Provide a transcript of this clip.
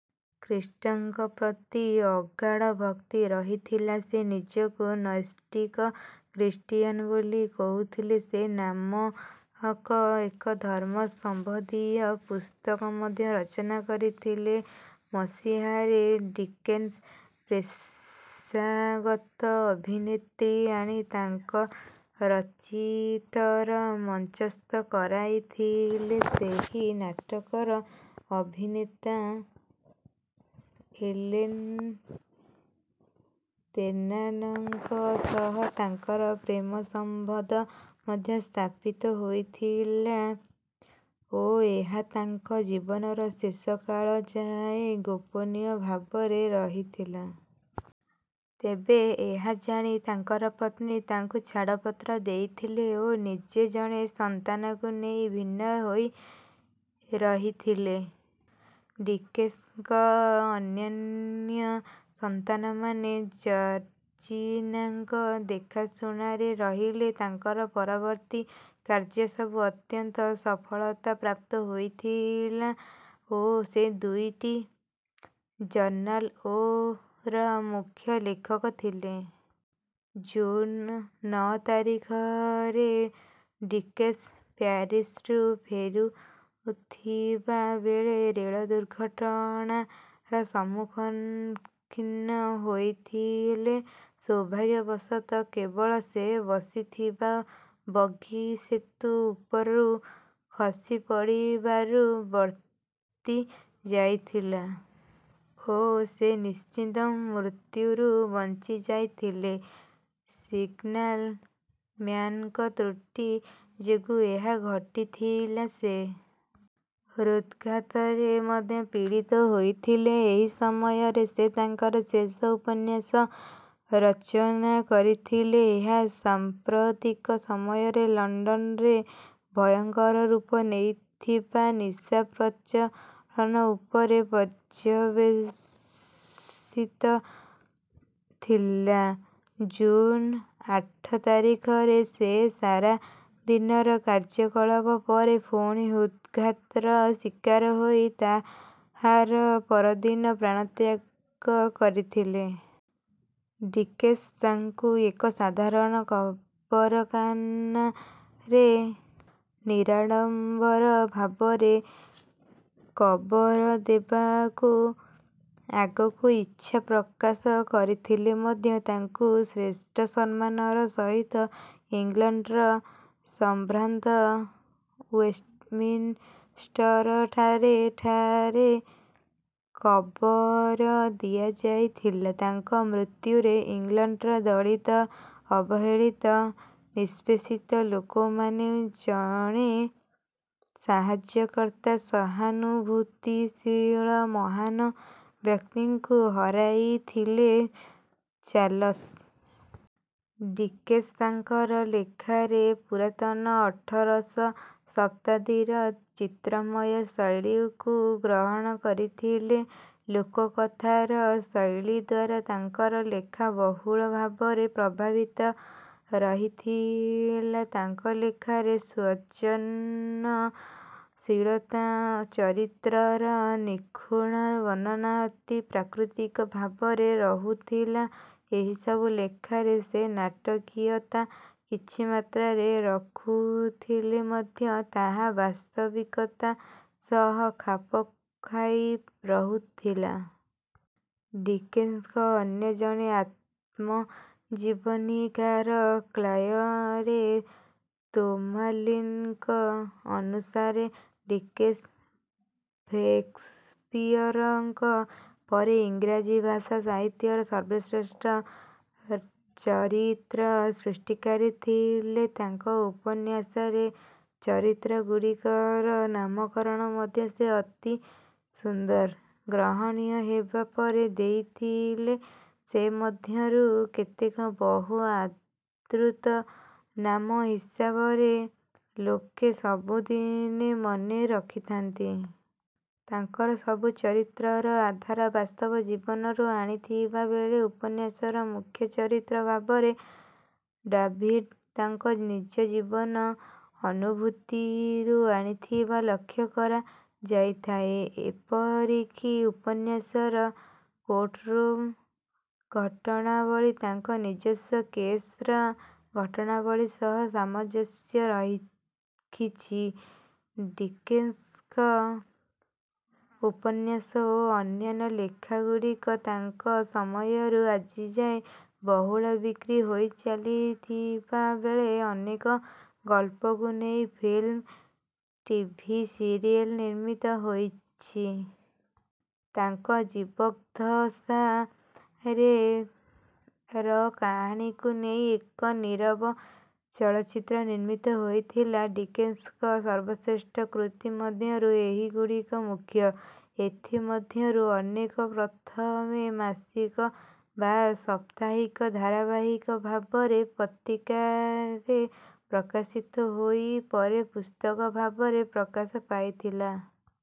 ଖ୍ରୀଷ୍ଟଙ୍କ ପ୍ରତି ଅଗାଢ଼ ଭକ୍ତି ରହିଥିଲା। ସେ ନିଜକୁ ନୈଷ୍ଠିକ ଖ୍ରୀଷ୍ଟିୟାନ୍ ବୋଲି କହୁଥିଲେ। ସେ ନାମକ ଏକ ଧର୍ମ ସମ୍ବନ୍ଧିତ ପୁସ୍ତକ ମଧ୍ୟ ରଚନା କରିଥିଲେ। ମସିହାରେ ଡିକେନ୍ସ ପେଶାଗତ ଅଭିନେତ୍ରୀ ଆଣି ତାଙ୍କ ରଚିତ ର ମଞ୍ଚସ୍ଥ କରାଇଥିଲେ। ସେହି ନାଟକର ଅଭିନେତା ଫ୍ଲମି ତେର୍ନାନଙ୍କ ସହ ତାଙ୍କର ପ୍ରେମ ସମ୍ବନ୍ଧ ମଧ୍ୟ ସ୍ଥାପିତ ହୋଇଥିଲା ଓ ଏହା ତାଙ୍କ ଜୀବନର ଶେଷ କାଳ ଯାଏ ଗୋପନୀୟ ଭାବରେ ରହିଥିଲା। ତେବେ ଏହା ଜାଣି ତାଙ୍କର ପତ୍ନୀ ତାଙ୍କୁ ଛାଡ଼ପତ୍ର ଦେଇଥିଲେ ଓ ନିଜେ ଜଣେ ସନ୍ତାନକୁ ନେଇ ଭିନ୍ନ ହୋଇ ରହିଥିଲେ। ଡିକେନ୍ସଙ୍କ ଅନ୍ୟାନ୍ୟ ସନ୍ତାନମାନେ ଜର୍ଜିନାଙ୍କ ଦେଖାଶୁଣାରେ ରହିଲେ। ତାଙ୍କର ପରବର୍ତ୍ତୀ କାର୍ଯ୍ୟ ସବୁ ଅତ୍ୟନ୍ତ ସଫଳତା ପ୍ରାପ୍ତ ହୋଇଥିଲା ଓ ସେ ଦୁଇଟି ଜର୍ନାଲ ଓ ର ମୁଖ୍ୟ ଲେଖକ ଥିଲେ। ଜୁନ୍ ନଅ ତାରିଖରେ ଡିକେନ୍ସ ପ୍ୟାରିସ୍‌ରୁ ଫେରୁଥିବା ବେଳେ ରେଳ ଦୁର୍ଘଟଣାର ସମ୍ମୁଖୀନ ହୋଇଥିଲେ। ସୌଭାଗ୍ୟବଶତଃ, କେବଳ ସେ ବସିଥିବା ବଗି ସେତୁ ଉପରୁ ଖସି ପଡ଼ିବାରୁ ବର୍ତ୍ତି ଯାଇଥିଲା ଓ ସେ ନିଶ୍ଚିତ ମୃତ୍ୟୁରୁ ବଞ୍ଚିଯାଇଥିଲେ। ସିଗ୍ନାଲ୍ ମ୍ୟାନ୍‌ଙ୍କ ତ୍ରୁଟି ଯୋଗୁଁ ଏହା ଘଟିଥିଲା। ସେ ହୃଦ୍‌ଘାତରେ ମଧ୍ୟ ପୀଡ଼ିତ ହୋଇଥିଲେ। ଏହି ସମୟରେ ସେ ତାଙ୍କର ଶେଷ ଉପନ୍ୟାସ ରଚନା କରିଥିଲେ। ଏହା ସାମ୍ପ୍ରତିକ ସମୟରେ ଇଂଲଣ୍ଡରେ ଭୟଙ୍କର ରୂପ ନେଇଥିବା ନିଶା ପ୍ରଚଳନ ଉପରେ ପର୍ଯ୍ୟବେସିତ ଥିଲା। ଜୁନ୍ ଆଠ ତାରିଖରେ ସେ ସାରା ଦିନର କାର୍ଯ୍ୟକଳାପ ପରେ ପୁଣି ହୃଦ୍‌ଘାତର ଶିକାର ହୋଇ ତାହାର ପରଦିନ ପ୍ରାଣତ୍ୟାଗ କରିଥିଲେ। ଡିକେନ୍ସ ତାଙ୍କୁ ଏକ ସାଧାରଣ କବରଖାନାରେ ନିରାଡ଼ମ୍ବର ଭାବରେ କବର ଦେବାକୁ ଆଗରୁ ଇଚ୍ଛା ପ୍ରକାଶ କରିଥିଲେ ମଧ୍ୟ ତାଙ୍କୁ ଶ୍ରେଷ୍ଠ ସମ୍ମାନର ସହିତ ଇଂଲଣ୍ଡର ସମ୍ଭ୍ରାନ୍ତ ୱେଷ୍ଟମିନ୍‌ଷ୍ଟରଠାରେ ଠାରେ କବର ଦିଆଯାଇଥିଲା। ତାଙ୍କ ମୃତ୍ୟୁରେ ଇଂଲଣ୍ଡର ଦଳିତ, ଅବହେଳିତ, ନିଷ୍ପେଷିତ ଲୋକମାନେ ଜଣେ ସାହାଯ୍ୟକର୍ତ୍ତା, ସହାନୁଭୂତିଶୀଳ ମହାନ ବ୍ୟକ୍ତିଙ୍କୁ ହରାଇଥିଲେ। ଚାର୍ଲସ୍ ଡିକେନ୍ସ ତାଙ୍କର ଲେଖାରେ ପୁରାତନ ଅଠରଶ ଶତାବ୍ଦୀର ଚିତ୍ରମୟ ଶୈଳୀକୁ ଗ୍ରହଣ କରିଥିଲେ। ଲୋକକଥାର ଶୈଳୀ ଦ୍ୱାରା ତାଙ୍କର ଲେଖା ବହୁଳ ଭାବରେ ପ୍ରଭାବିତ ରହିଥିଲା। ତାଙ୍କ ଲେଖାରେ ସ୍ୱଜନଶୀଳତା, ଚରିତ୍ରର ନିଖୁଣ ବର୍ଣ୍ଣନା ଅତି ପ୍ରାକୃତିକ ଭାବରେ ରହୁଥିଲା। ଏହିସବୁ ଲେଖାରେ ସେ ନାଟକୀୟତା କିଛି ମାତ୍ରାରେ ରଖୁଥିଲେ ମଧ୍ୟ ତାହା ବାସ୍ତବିକତା ସହ ଖାପ ଖାଇ ରହୁଥିଲା। ଡିକେନ୍ସଙ୍କ ଅନ୍ୟ ଜଣେ ଆତ୍ମଜୀବନୀକାର କ୍ଲାୟରେ ତୋମାଲିନ୍ ଙ୍କ ଅନୁସାରେ ଡିକେନ୍ସ ଷେକ୍ସପିୟରଙ୍କ ପରେ ଇଂରାଜୀ ଭାଷା ସାହିତ୍ୟର ସର୍ବଶ୍ରେଷ୍ଠ ଚରିତ୍ର ସୃଷ୍ଟିକାରୀ ଥିଲେ। ତାଙ୍କ ଉପନ୍ୟାସରେ ଚରିତ୍ରଗୁଡ଼ିକର ନାମକରଣ ମଧ୍ୟ ସେ ଅତି ସୁନ୍ଦର, ଗ୍ରହଣୀୟ ହେବା ପରି ଦେଇଥିଲେ। ସେମଧ୍ୟରୁ କେତେକ ବହୁ ଆଦୃତ ନାମ ହିସାବରେ ଲୋକେ ସବୁଦିନେ ମନେ ରଖିଥାନ୍ତି। ତାଙ୍କର ସବୁ ଚରିତ୍ରର ଆଧାର ବାସ୍ତବ ଜୀବନରୁ ଆଣିଥିବା ବେଳେ ଉପନ୍ୟାସର ମୁଖ୍ୟ ଚରିତ୍ର ଭାବରେ ଡାଭିଡ୍ ତାଙ୍କ ନିଜ ଜୀବନ ଅନୁଭୂତିରୁ ଆଣିଥିବା ଲକ୍ଷ୍ୟ କରାଯାଇଥାଏ। ଏପରିକି ଉପନ୍ୟାସର କୋର୍ଟରୁମ୍ ଘଟଣାବଳୀ ତାଙ୍କ ନିଜସ୍ୱ କେସ୍‌ର ଘଟଣାବଳୀ ସହ ସାମଞ୍ଜସ୍ୟ ରଖିଛି। ଡିକେନ୍ସଙ୍କ ଉପନ୍ୟାସ ଓ ଅନ୍ୟାନ୍ୟ ଲେଖାଗୁଡ଼ିକ ତାଙ୍କ ସମୟରୁ ଆଜିଯାଏ ବହୁଳ ବିକ୍ରି ହୋଇଚାଲିଥିବା ବେଳେ ଅନେକ ଗଳ୍ପକୁ ନେଇ ଫିଲ୍ମ, ଟିଭି ସିରିଏଲ୍ ନିର୍ମିତ ହୋଇଛି। ତାଙ୍କ ଜୀବଦ୍ଦଶାରେ ର କାହାଣୀକୁ ନେଇ ଏକ ନୀରବ ଚଳଚ୍ଚିତ୍ର ନିର୍ମିତ ହୋଇଥିଲା। ଡିକେନ୍ସଙ୍କ ସର୍ବଶ୍ରେଷ୍ଠ କୃତି ମଧ୍ୟରୁ ଏହିଗୁଡ଼ିକ ମୁଖ୍ୟ। ଏଥିମଧ୍ୟରୁ ଅନେକ ପ୍ରଥମେ ମାସିକ ବା ସାପ୍ତାହିକ ଧାରାବାହିକ ଭାବରେ ପତ୍ରିକାରେ ପ୍ରକାଶିତ ହୋଇ ପରେ ପୁସ୍ତକ ଭାବରେ ପ୍ରକାଶ ପାଇଥିଲା।